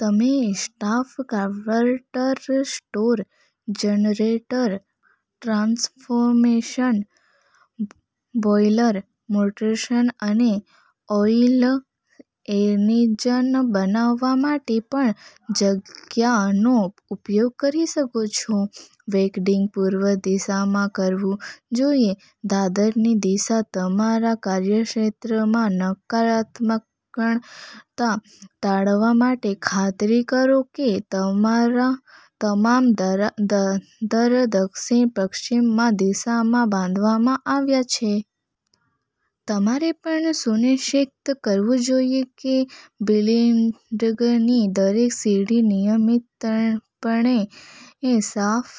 તમે staff quarter, store generator, transformers, boiler, motors અને oil engine બનાવવા માટે પણજગ્યાનો ઉપયોગ કરી શકો છો. વેલ્ડીંગ પૂર્વ દિશામાંકરવું જોઈએ દાદરની દિશા તમારા કાર્યક્ષેત્રમાં નકારાત્મકતા ટાળવા માટે, ખાતરી કરો કે તમામ દાદર દક્ષિણ-પશ્ચિમ દિશામાં બાંધવામાં આવ્યા છે. તમારેપણ સુનિશ્ચિત કરવું જોઈએ કે બિલ્ડિંગની દરેક સીડી નિયમિતપણે સાફ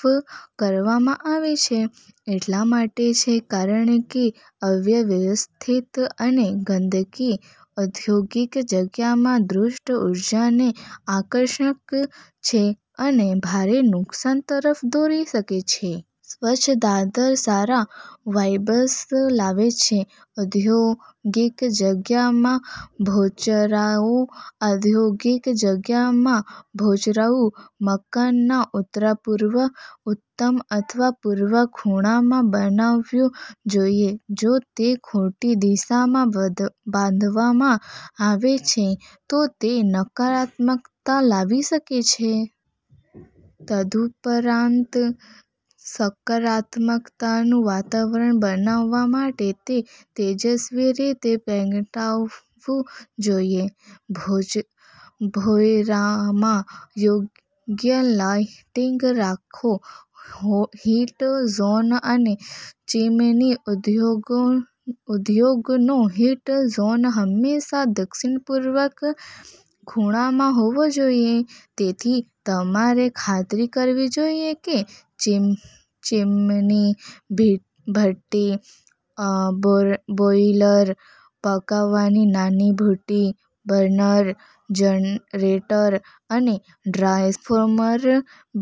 કરવામાં આવે છે. એટલા માટે છે કારણ કે અવ્યવસ્થિત અને ગંદકી ઔદ્યોગિક જગ્યામાં દુષ્ટ ઊર્જાને આકર્ષે છે, અને ભારે નુકસાન તરફ દોરી શકે છે. સ્વચ્છ દાદર સારા વાઇબ્સ લાવે છે ઔદ્યોગિક જગ્યામાં ભોંયરાઓ ઔદ્યોગિક જગ્યામાં ભોંયરું મકાનના ઉત્તરપૂર્વ, ઉત્તર અથવા પૂર્વ ખૂણામાં બનાવવું જોઈએ. જો તે ખોટી દિશામાં બાંધવામાં આવે છે, તો તે નકારાત્મકતા લાવી શકે છે. તદુપરાંત, સકારાત્મકતાનું વાતાવરણ બનાવવા માટે તે તેજસ્વી રીતે પ્રગટાવવું જોઈએ. ભોંયરામાં યોગ્ય લાઇટિંગ રાખો હીટ ઝોન અને ચીમની ઉદ્યોગનો હીટ ઝોન હંમેશા દક્ષિણપૂર્વ ખૂણામાં હોવો જોઈએ. તેથી, તમારે ખાતરી કરવી જોઈએ કે ચીમની, ભઠ્ઠી, બોઈલર, પકાવવાની નાની ભઠ્ઠી, બર્નર, જનરેટર અને ટ્રાન્સફોર્મર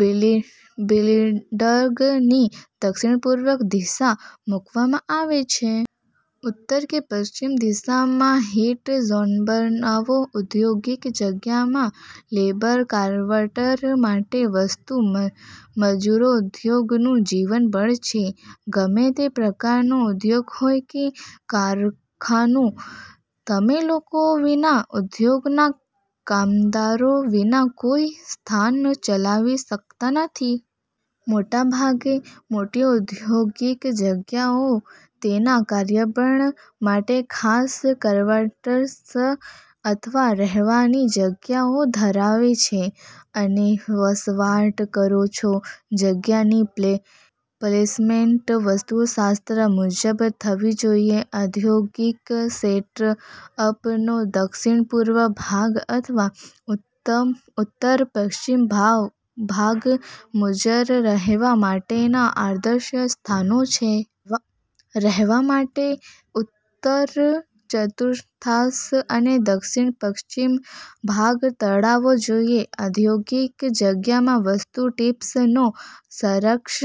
બિલ્ડિંગની દક્ષિણપૂર્વ દિશામાં મૂકવામાં આવે છે. ઉત્તર કે પશ્ચિમ દિશામાં હીટ ઝોનબનાવો ઔદ્યોગિક જગ્યામાં લેબર ક્વાર્ટર માટે વાસ્તુ મજૂરોઉદ્યોગનું જીવન બળ છે. ગમે તે પ્રકારનો ઉદ્યોગ હોય કે કારખાનું, તમે લોકો વિના, ઉદ્યોગના કામદારો વિના કોઈ સ્થાન ચલાવી શકતા નથી. મોટાભાગે મોટી ઔદ્યોગિક જગ્યાઓ તેના કાર્યબળ માટે ખાસ ક્વાર્ટર્સ અથવા રહેવાની જગ્યાઓ ધરાવે છે અનેવસવાટ કરો છો જગ્યાની પ્લેસમેન્ટ વાસ્તુશાસ્ત્ર મુજબ થવી જોઈએ. ઔદ્યોગિક સેટઅપનો દક્ષિણ પૂર્વ ભાગ અથવા ઉત્તર પશ્ચિમ ભાગ મજૂર રહેવા માટેના આદર્શ સ્થાનો છે. રહેવા માટે ઉત્તર ચતુર્થાંશ અને દક્ષિણ પશ્ચિમ ભાગ ટાળવો જોઈએ. ઔદ્યોગિક જગ્યા માટે વાસ્તુ ટિપ્સનો સારાંશ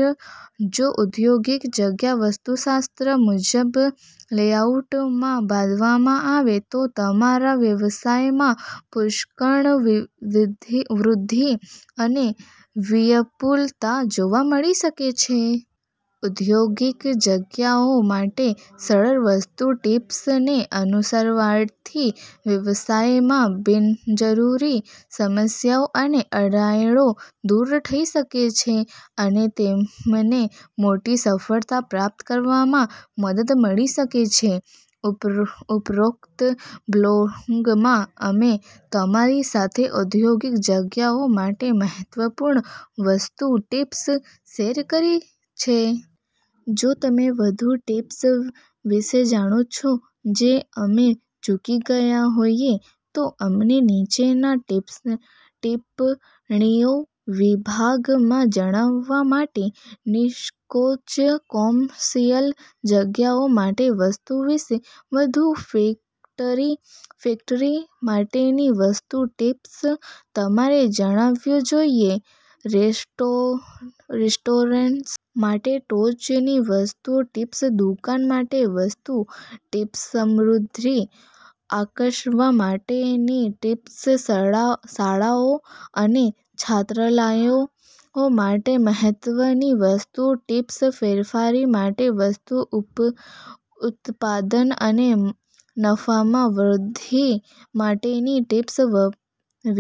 જો ઔદ્યોગિક જગ્યા વાસ્તુશાસ્ત્ર મુજબ લેઆઉટમાં બાંધવામાં આવે તો તમારા વ્યવસાયમાં પુષ્કળ વૃદ્ધિ અને વિપુલતા જોવા મળી શકે છે. ઔદ્યોગિક જગ્યાઓ માટે સરળ વાસ્તુ ટીપ્સને અનુસરવાથી વ્યવસાયમાં બિનજરૂરી સમસ્યાઓ અને અડચણો દૂર થઈ શકે છે અને તમને મોટી સફળતા પ્રાપ્ત કરવામાં મદદ મળી શકે છે. ઉપરોક્ત બ્લોગમાં, અમે તમારી સાથે ઔદ્યોગિક જગ્યાઓ માટે મહત્વપૂર્ણ વાસ્તુ ટીપ્સ શેર કરી છે. જો તમે વધુ ટિપ્સ વિશે જાણો છો જે અમે ચૂકી ગયા હોઈએ, તો અમને નીચેના ટિપ્પણીઓ વિભાગમાં જણાવવા માટે નિઃસંકોચ. કોમર્શિયલ જગ્યાઓ માટે વાસ્તુ વિશે વધુ ફેક્ટરી માટેની વાસ્તુ ટિપ્સ તમારે જાણવીજોઈએ રેસ્ટોરન્ટ માટે ટોચની વાસ્તુ ટીપ્સ દુકાન માટે વાસ્તુ ટીપ્સસમૃદ્ધિ આકર્ષવા માટેની ટીપ્સ શાળાઓ અને છાત્રાલયો માટે મહત્વની વાસ્તુ ટીપ્સ ફેક્ટરી માટે વાસ્તુઉત્પાદન અને નફામાં વૃદ્ધિ માટેની ટીપ્સ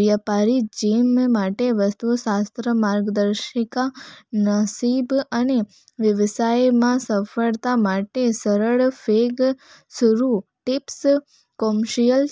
વ્યાપારી જીમ માટે વાસ્તુશાસ્ત્ર માર્ગદર્શિકા નસીબ અને વ્યવસાયમાં સફળતા માટે સરળ ફેંગ શુઇ ટિપ્સ કોમર્શિયલ